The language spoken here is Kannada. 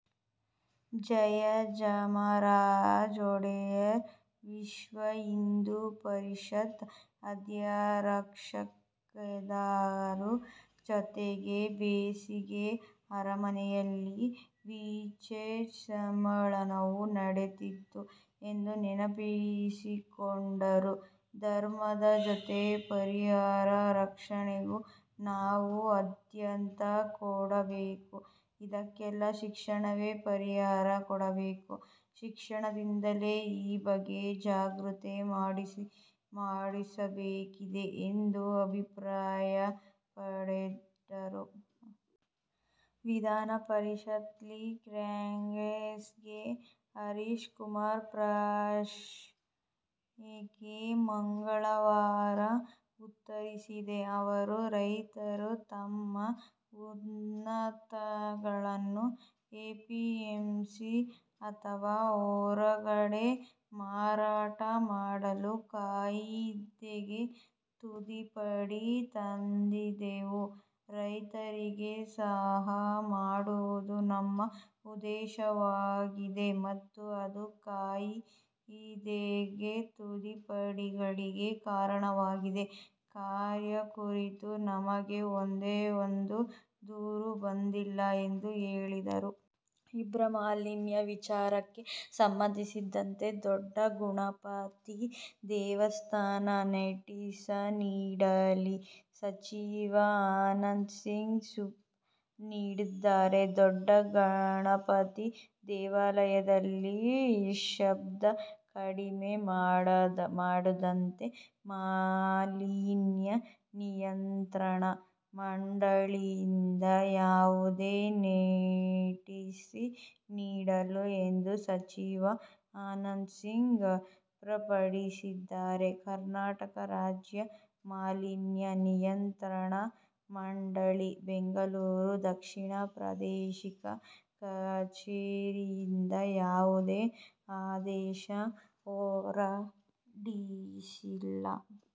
ಜಯ ಚಾಮರಾಜ ಒಡೆಯರ್ ವಿಶ್ವ ಹಿಂದೂ ಪರಿಷತ್ನ ಅದ್ಯಕ್ಷರಾಗಿದ್ದರು. ಜೊತೆಗೆ ಬೇಸಿಗೆ ಅರಮನೆಯಲ್ಲಿ ವಿಎಚ್ಪಿ ಸಮ್ಮೇಳನವೂ ನಡೆದಿತ್ತು ಎಂದು ನೆನಪಿಸಿಕೊಂಡರು. ಧರ್ಮದ ಜೊತೆ ಪರಿಸರ ರಕ್ಷಣೆಗೂ ನಾವು ಆದ್ಯತೆ ಕೊಡಬೇಕು. ಇದಕ್ಕೆಲ್ಲಾ ಶಿಕ್ಷಣವೇ ಪರಿಹಾರ ಕೊಡಬೇಕು. ಶಿಕ್ಷಣದಿಂದಲೇ ಈ ಬಗ್ಗೆ ಜಾಗೃತಿ ಮಾಡಿಸಬೇಕಿದೆ ಎಂದು ಅಭಿಪ್ರಾಯಪಟ್ಟರು. ವಿಧಾನ ಪರಿಷತ್ನಲ್ಲಿ ಕಾಂಗ್ರೆಸ್ನ ಕೆ. ಹರೀಶ್ ಕುಮಾರ್ ಪ್ರಶ್ನೆಗೆ ಮಂಗಳವಾರ ಉತ್ತರಿಸಿದ ಅವರು, ರೈತರು ತಮ್ಮ ಉತ್ಪನ್ನಗಳನ್ನು ಎಪಿಎಂಸಿ ಅಥವಾ ಹೊರಗಡೆ ಮಾರಾಟ ಮಾಡಲು ಕಾಯಿದೆಗೆ ತಿದ್ದುಪಡಿ ತಂದಿದ್ದೇವೆ. "ರೈತರಿಗೆ ಸಹಾಯ ಮಾಡುವುದು ನಮ್ಮ ಉದ್ದೇಶವಾಗಿದೆ ಮತ್ತು ಅದು ಕಾಯಿದೆಗೆ ತಿದ್ದುಪಡಿಗಳಿಗೆ ಕಾರಣವಾಗಿದೆ. ಕಾಯ್ದೆ ಕುರಿತು ನಮಗೆ ಒಂದೇ ಒಂದು ದೂರು ಬಂದಿಲ್ಲ ಎಂದು ಹೇಳಿದರು. ಶಬ್ಧ ಮಾಲೀನ್ಯ ವಿಚಾರಕ್ಕೆ ಸಂಬಂಧಿಸಿದಂತೆ ದೊಡ್ಡ ಗಣಪತಿ ದೇವಸ್ಥಾನ ನೋಟಿಸ್ ನೀಡಿಲ್ಲ ಸಚಿವ ಆನಂದ್ ಸಿಂಗ್ ಸ್ಪಷ್ಟನೆ ನೀಡಿದ್ದಾರೆ. 'ದೊಡ್ಡ ಗಣಪತಿ ದೇವಾಲಯದಲ್ಲಿ ಘಂಟೆ ಶಬ್ದ ಕಡಿಮೆ ಮಾಡುವಂತೆ ಮಾಲಿನ್ಯ ನಿಯಂತ್ರಣ ಮಂಡಳಿಯಿಂದ ಯಾವುದೇ ನೋಟಿಸ್ ನೀಡಿಲ್ಲ' ಎಂದು ಸಚಿವ ಆನಂದ್ ಸಿಂಗ್ ಸ್ಪಷ್ಟಪಡಿಸಿದ್ದಾರೆ. 'ಕರ್ನಾಟಕ ರಾಜ್ಯ ಮಾಲಿನ್ಯ ನಿಯಂತ್ರಣ ಮಂಡಳಿ, ಬೆಂಗಳೂರು ದಕ್ಷಿಣ ಪ್ರಾದೇಶಿಕ ಕಚೇರಿಯಿಂದ ಯಾವುದೇ ಆದೇಶ ಹೊರಡಿಸಿಲ್ಲ.